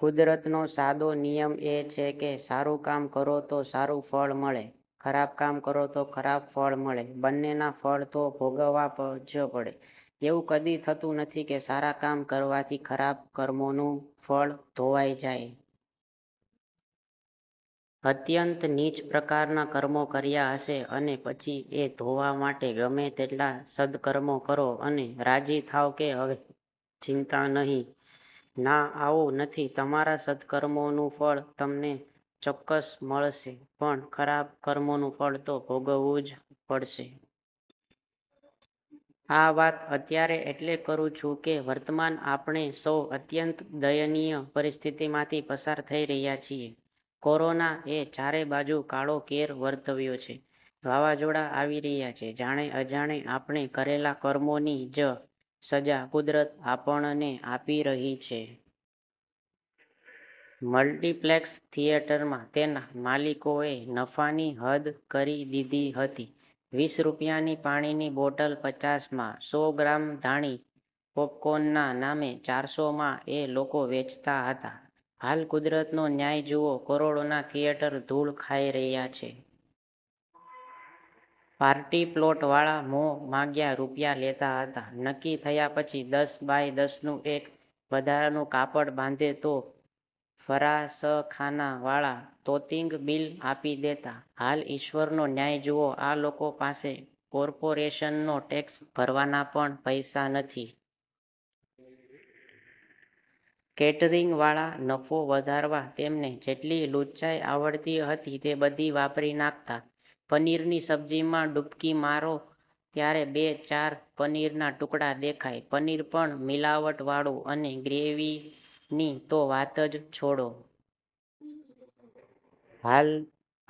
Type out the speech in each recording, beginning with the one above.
કુદરતનો સાદો નિયમ એ છે કે સારું કામ કરો તો સારું ફળ મળે ખરાબ કામ કરો તો ખરાબ ફળ મળે. બંન્ને ના ફળ તો ભોગવવા જ પડે. એવું કદી થતું નથી કે સારા કામ કરવાથી ખરાબ કર્મોનું ફળ ધોવાઈ જાય. અત્યંત નીચ પ્રકારના કર્મો કર્યા હશે અને પછી એ ધોવા માટે ગમે તેટલા સદકર્મો કરો અને રાજી થાવ કે હવે ચિંતા નહીં. ના આવું નથી તમારાં સદકર્મો નું ફળ તમને ચોક્કસ મળશે પણ ખરાબ કર્મોનું ફળ તો ભોગવવું જ પડશે. આ વાત અત્યારે એટલે કરું છું કે વર્તમાન આપણે સૌ અત્યંત દયનીય પરિસ્થિતિમાંથી પસાર થઈ રહ્યા છીએ. કોરોના એ ચારે બાજુ કાળો કેર વર્તવ્યો છે. વાવાઝોડા આવી રહ્યા છે. જાણે અજાણે આપણે કરેલા કર્મોની જ સજા કુદરત આપણને આપી રહી છે. મલ્ટીપ્લેક્સ થિયેટરમાં તેનાં માલિકોએ નફાની હદ કરી દીધી હતી વીસ રૂપિયાની પાણીની બોટલ પચાસ માં, સો ગ્રામ ધાણી- પોપકોર્નના નામે ચારસો માં એ લોકો વેચતા હતા. હાલ કુદરતનો ન્યાય જુઓ, કરોડોના થિયેટર ધુળ ખાઈ રહ્યા છે. પાર્ટીપ્લોટ વાળા મોં માંગ્યા રૂપિયા લેતાં હતા. નકકી થયાં પછી દસ બાય દસ નું એક વધારાનું કાપડ બાંધે તો ફરાસખાના વાળા તોતિંગ બિલ આપી દેતાં. હાલ ઈશ્વરનો ન્યાય જુઓ આ લોકો પાસે કોર્પોરેશન નો ટેક્સ ભરવાના પણ પૈસા નથી. કેટરીંગ વાળા, નફો વધારવા તેમને જેટલી લુચ્ચાઈ આવડતી હતી તે બધી વાપરી નાખતાં. પનીર ની સબ્જીમાં ડુબકી મારો ત્યારે બે ચાર પનીરના ટુકડા દેખાય, પનીર પણ મિલાવટ વાળું, અને ગ્રેવીની તો વાત જ છોડો. હાલ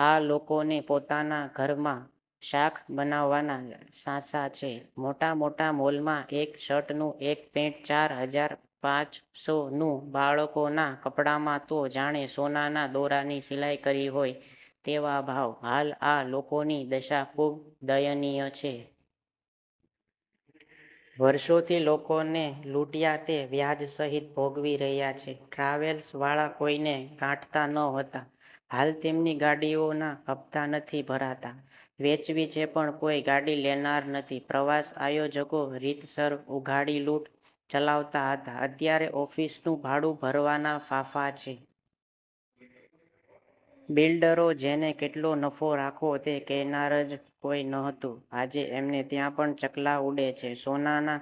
આ લોકોને પોતાના ઘરમાં શાક બનાવવાના સાંસા છે. મોટા મોટા મોલમાં એક શર્ટ નું, એક પેન્ટ ચાર હાજર પાંચસો નું, બાળકોના કપડાંમાં તો જાણે સોનાના દોરાની સિલાઈ કરી હોય તેવા ભાવ. હાલ આ લોકોની દશા ખુબ દયનીય છે. વર્ષોથી લોકોને લૂંટયા તે વ્યાજ સહીત ભોગવી રહ્યા છે. ટ્રાવેલ્સ વાળા કોઈને ગાંઠતા નહોતા, હાલ તેમની ગાડીઓના હપ્તા નથી ભરાતા. વેચવી છે પણ કોઈ ગાડી લેનાર નથી. પ્રવાસ આયોજકો, રીતસર ઉઘાડી લુંટ ચલાવતા હતા અત્યારે ઓફીસનું ભાડું ભરવાના ફાંફા છે. બિલ્ડરો, જેને કેટલો નફો રાખવો તે કહેનાર જ કોઈ નહતું. આજે એમને ત્યાં પણ ચકલાં ઊડે છે. સોનાના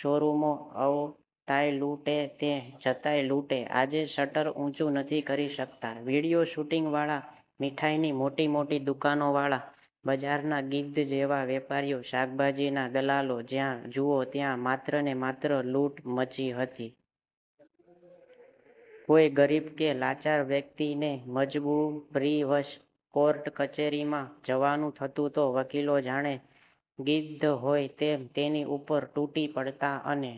શોરૂમો આવતાંય લુટે ને જતાંય લુંટે, આજે શટર ઊંચું નથી કરી શકતા. વીડિયો શુટિંગ વાળા, મીઠાઈની મોટી મોટી દુકાનો વાળા, બજારના ગિધ્ધ જેવાં વેપારીઓ, શાકભાજીના દલાલો, જ્યાં જુઓ ત્યાં માત્ર ને માત્ર લુંટ મચી હતી. કોઈ ગરીબ કે લાચાર વ્યક્તિ ને મજબૂરીવશ કોર્ટ-કચેરીમાં જવાનું થતું તો વકીલો જાણે ગિદ્ધ હોય તેમ તેની ઉપર તૂટી પડતા અને